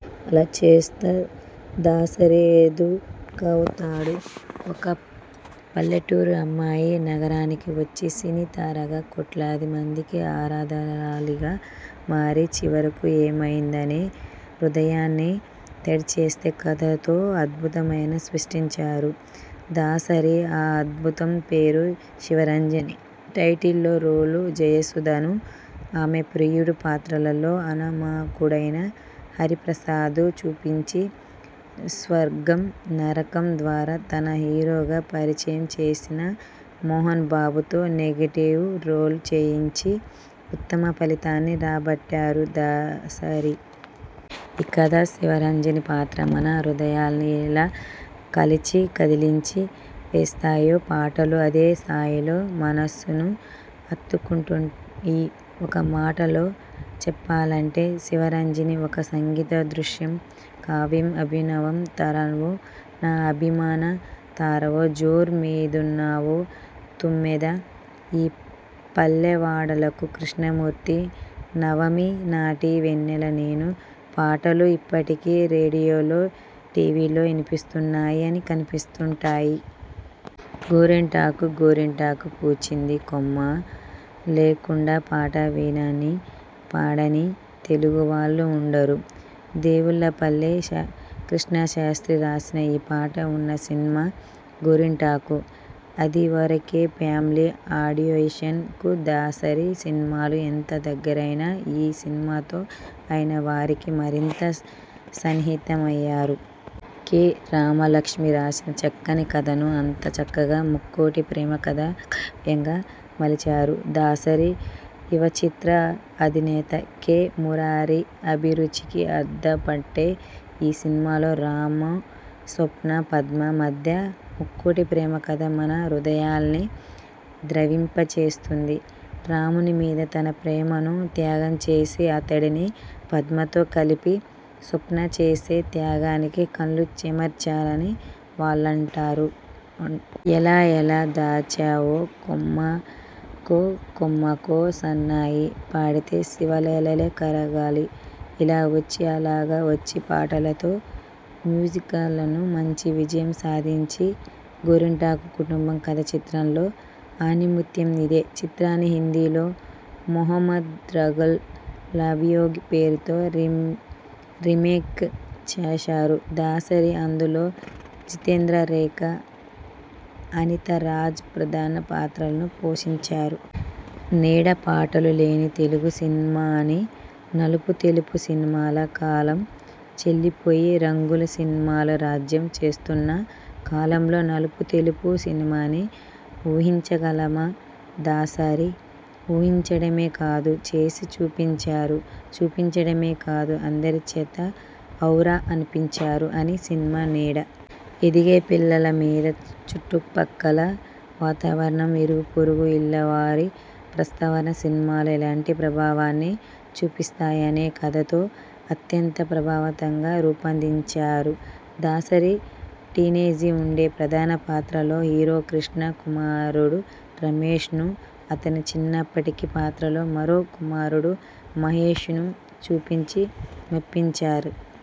అలా చేస్తే దాసరి ఎందుకవుతాడు! ఒక పల్లెటూరి అమ్మాయి నగరానికి వచ్చి, సినీ తారగా కోట్లాదిమందికి ఆరాధ్యురాలిగా మారి, చివరకు ఏమయ్యిందనే హృదయాన్ని తడిచేసే కథతో అద్భుతమే సృష్టించారు దాసరి. ఆ అద్భుతం పేరు 'శివరంజని'. టైటిల్ రోల్లో జయసుధను, ఆమె ప్రియుడి పాత్రలో అనామకుడైన హరిప్రసాద్ను చూపించి, 'స్వర్గం నరకం' ద్వారా తను హీరోగా పరిచయం చేసిన మోహనబాబుతో నెగటివ్ రోల్ చేయించి ఉత్తమ ఫలితాన్ని రాబట్టారు దాసరి. ఈ కథ, శివరంజని పాత్ర మన హృదయాల్ని ఎలా కలచి, కదిలించి వేస్తాయో, పాటలూ అదే స్థాయిలో మనసును హత్తుకుంటాయి. ఒక్క మాటలో చెప్పాలంటే 'శివరంజని' ఒక సంగీత దృశ్య కావ్యం. 'అభినవ తారవో నా అభిమాన తారవో', 'జోరు మీదున్నావా తుమ్మెదా', 'మా పల్లె వాడలకు కృష్ణమూర్తీ', 'నవమి నాటి వెన్నెల నేను' పాటలు ఇప్పటికీ రేడియోల్లో, టీవీల్లో వినిపిస్తుంటాయి, కనిపిస్తుంటాయి. గోరింటాకు 'గోరింట పూచింది కొమ్మా లేకుండా ' పాట వినని, పాడని తెలుగువాళ్లు ఉండరు. దేవులపల్లి కృష్ణశాస్త్రీ రాసిన ఈ పాట ఉన్న సినిమా 'గోరింటాకు'. అదివరకే ఫ్యామిలీ ఆడియెన్స్ కు దాసరి సినిమాలు ఎంత దగ్గరైనా, ఈ సినిమాతో ఆయన వారికి మరింత సన్నిహితమయ్యారు. కె. రామలక్ష్మి రాసిన చక్కని కథను, అంతే చక్కగా ముక్కోణ ప్రేమకథా కావ్యంగా మలిచారు దాసరి. యువచిత్ర అధినేత కె. మురారి అభిరుచికి అద్దంపట్టే ఈ సినిమాలో రాము, స్వప్న, పద్మ మధ్య ముక్కోణ ప్రేమకథ మన హృదయాల్ని ద్రవింపచేస్తుంది. రాముమీద తన ప్రేమను త్యాగం చేసి, అతడిని పద్మతో కలిపి, స్వప్న చేసే త్యాగానికి కళ్లు చెమర్చని వాళ్లుంటారా! 'ఎలా ఎలా దాచావో', 'కొమ్మకో కొమ్మకో సన్నాయి', 'పాడితే శిలలైన కరగాలి', 'ఇలాగ వచ్చి అలాగ వచ్చి' పాటలతో మ్యూజికల్గానూ మంచి విజయం సాధించిన 'గోరింటాకు' కుటుంబ కథాచిత్రాల్లో ఆణిముత్యం. ఇదే చిత్రాన్ని హిందీలో 'మెహందీ రంగ్ లాయేగీ' పేరుతో రీమేక్ చేశారు దాసరి. అందులో జితేంద్ర, రేఖ, అనితా రాజ్ ప్రధాన పాత్రలు పోషించారు. నీడ పాటలు లేని తెలుగు సినిమాని, నలుపు తెలుపు సినిమాల కాలం చెల్లిపోయి రంగుల సినిమాలు రాజ్యం చేస్తున్న కాలంలో నలుపు తెలుపు సినిమాని ఊహించగలమా? దాసరి ఊహించడమే కాదు, చేసి చూపించారు. చూపించడమే కాదు అందరి చేతా 'ఔరా' అనిపించారు. ఆ సినిమా 'నీడ'. ఎదిగే పిల్లలమీద చుట్టుపక్కల వాతావరణం, ఇరుగుపొరుగు ఇళ్లవారి ప్రవర్తన, సినిమాలు ఎలాంటి ప్రభావాన్ని చూపిస్తాయనే కథతో, అత్యంత ప్రభావవంతంగా రూపొందించారు దాసరి. టీనేజ్లో ఉండే ప్రధాన పాత్రలో హీరో కృష్ణ కుమారుడు రమేశ్ ను, అతని చిన్నప్పటి పాత్రలో మరో కుమారుడు మహేశను చూపించి మెప్పించారు.